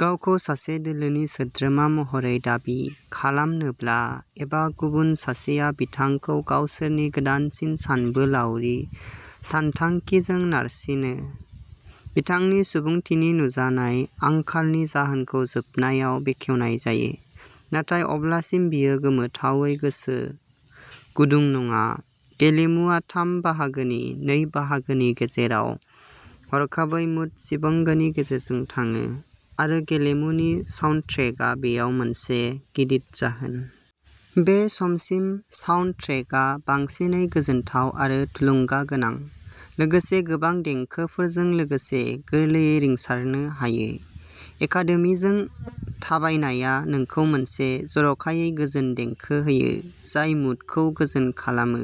गावखौ सासे दोलोनि सोद्रोमा महरै दाबि खालामनोब्ला एबा गुबुन सासेआ बिथांखौ गावसोरनि गोदानसिन सानबोलावरि सानथांखिजों नारसिनो। बिथांनि सुबुंथिनि नुजानाय आंखालनि जाहोनखौ जोबनायाव बेखेवनाय जायो, नाथाय अब्लासिम बियो गोमोथावै गोसो गुदुं नङा। गेलेमुआ थाम बाहागोनि नै बाहागोनि गेजेराव हरखाबै मुड स्विंगनि गेजेरजों थाङो, आरो गेलेमुनि साउन्डट्रेकआ बेयाव मोनसे गिदिर जाहोन। बे समसिम, साउन्डट्रेकआ बांसिनै गोजोनथाव आरो थुलुंगागोनां, लोगोसे गोबां देंखोफोरजों लोगोसे गोरलैयै रिंसारनो हायो। एकादेमिजों थाबायनायआ नोंखौ मोनसे जर'खायै गोजोन देंखो होयो जाय मुडखौ गोजोन खालामो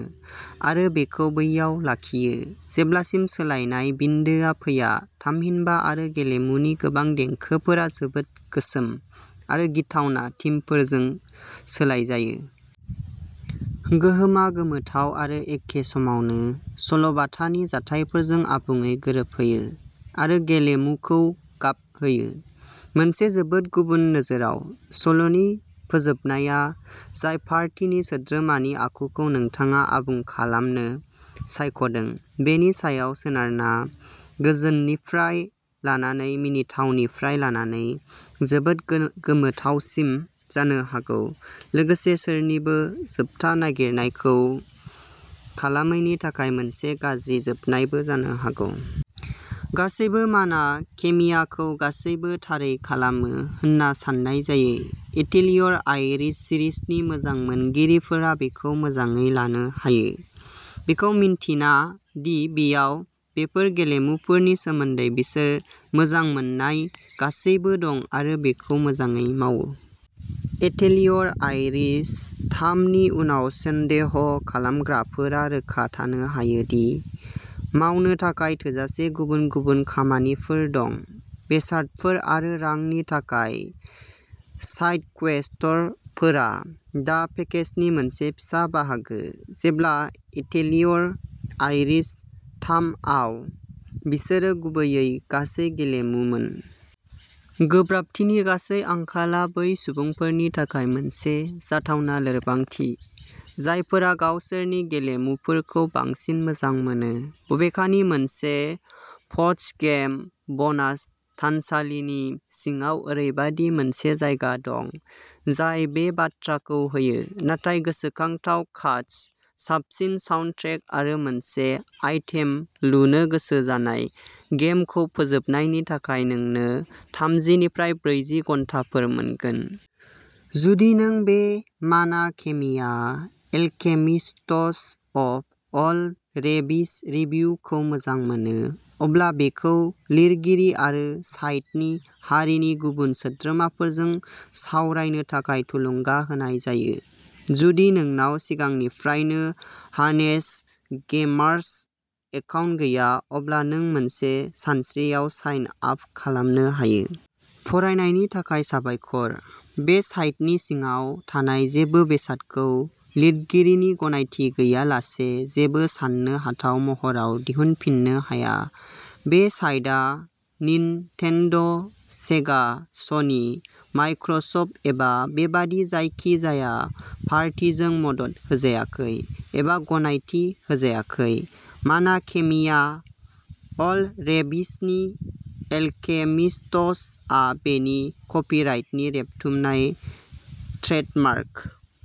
आरो बेखौ बैयाव लाखियो। जेब्लासिम सोलायनाय बिन्दोआ फैया, थामहिनबा, आरो गेलेमुनि गोबां देंखोफोरा जोबोद गोसोम आरो गिथावना थीमफोरजों सोलायजायो। गोहोमआ गोमोथाव आरो एखे समावनो, सल'बाथानि जाथायफोरजों आबुङै गोरोबहोयो आरो गेलेमुखौ गाबहोयो। मोनसे जोबोद गुबुन नोजोराव। सल'नि फोजोबनाया, जाय पार्टिनि सोद्रोमानि आखुखौ नोंथाङा आबुं खालामनो सायख'दों बेनि सायाव सोनारना, गोजोननिफ्राय लानानै मिनिथावनिफ्राय लानानै जोबोद गोमोथावसिम जानो हागौ, लोगोसे सोरनिबो जोबथा नागिरनायखौ खालामैनि थाखाय मोनसे गाज्रि जोबनायबो जानो हागौ। गासैबो माना खेमियाखौ गासैबो थारै खालामो होनना सान्नाय जायो। एटेलियर आइरिस सिरिजनि मोजां मोनगिरिफोरा बेखौ मोजाङै लानो हायो, बेखौ मिन्थिना दि बेयाव बेफोर गेलेमुफोरनि सोमोन्दै बिसोर मोजां मोननाय गासैबो दं आरो बेखौ मोजाङै मावो। एटेलियर आइरिस थाम नि उनाव सन्देह खालामग्राफोरा रोखा थानो हायो दि मावनो थाखाय थोजासे गुबुन गुबुन खामानिफोर दं। बेसादफोर आरो रांनि थाखाय साइडक्वेस्टफोरा दा पेकेजनि मोनसे फिसा बाहागो, जेब्ला एटेलियर आइरिस थाम आव बिसोरो गुबैयै गासै गेलेमुमोन। गोब्राबथिनि गासै आंखालआ बै सुबुंफोरनि थाखाय मोनसे जाथावना लोरबांथि, जायफोरा गावसोरनि गेलेमुफोरखौ बांसिन मोजां मोनो, बबेखानि मोनसे पस्टगेम ब'नास थानसालिनि सिङाव ओरैबायदि मोनसे जायगा दं, जाय बे बाथ्राखौ होयो। नाथाय, गोसोखांथाव कास्ट, साबसिन साउन्डट्रेक आरो मोनसे आइटेम लुनो गोसो जानाय, गेमखौ फोजोबनायनि थाखाय नोंनो थामजि निफ्राय ब्रैजि घन्टाफोर मोनगोन। जुदि नों बे माना खेमियाः एलकेमिस्ट्स अफ अल-रेभिस रिभिउखौ मोजां मोनो, अब्ला बेखौ लिरगिरि आरो साइटनि हारिनि गुबुन सोद्रोमाफोरजों सावरायनो थाखाय थुलुंगा होनाय जायो। जुदि नोंनाव सिगांनिफ्रायनो हानेस्टगेमार्स एकाउन्ट गैया, अब्ला नों मोनसे सानस्रियाव साइन आप खालामनो हायो। फरायनायनि थाखाय साबायखर! बे साइटनि सिङाव थानाय जेबो बेसादखौ लिरगिरिनि गनायथि गैयालासे जेबो साननो हाथाव महराव दिहुनफिननो हाया। बे साइटआ निनटेन्ड', सेगा, स'नि, माइक्र'सफ्ट, एबा बेबादि जायखिजाया पार्टीजों मदद होजायाखै एबा गनायथि होजायाखै। माना खेमियाः अल-रेभिसनि एलकेमिस्ट्सआ बेनि कपिराइटनि रेबथुमनाय ट्रेडमार्क।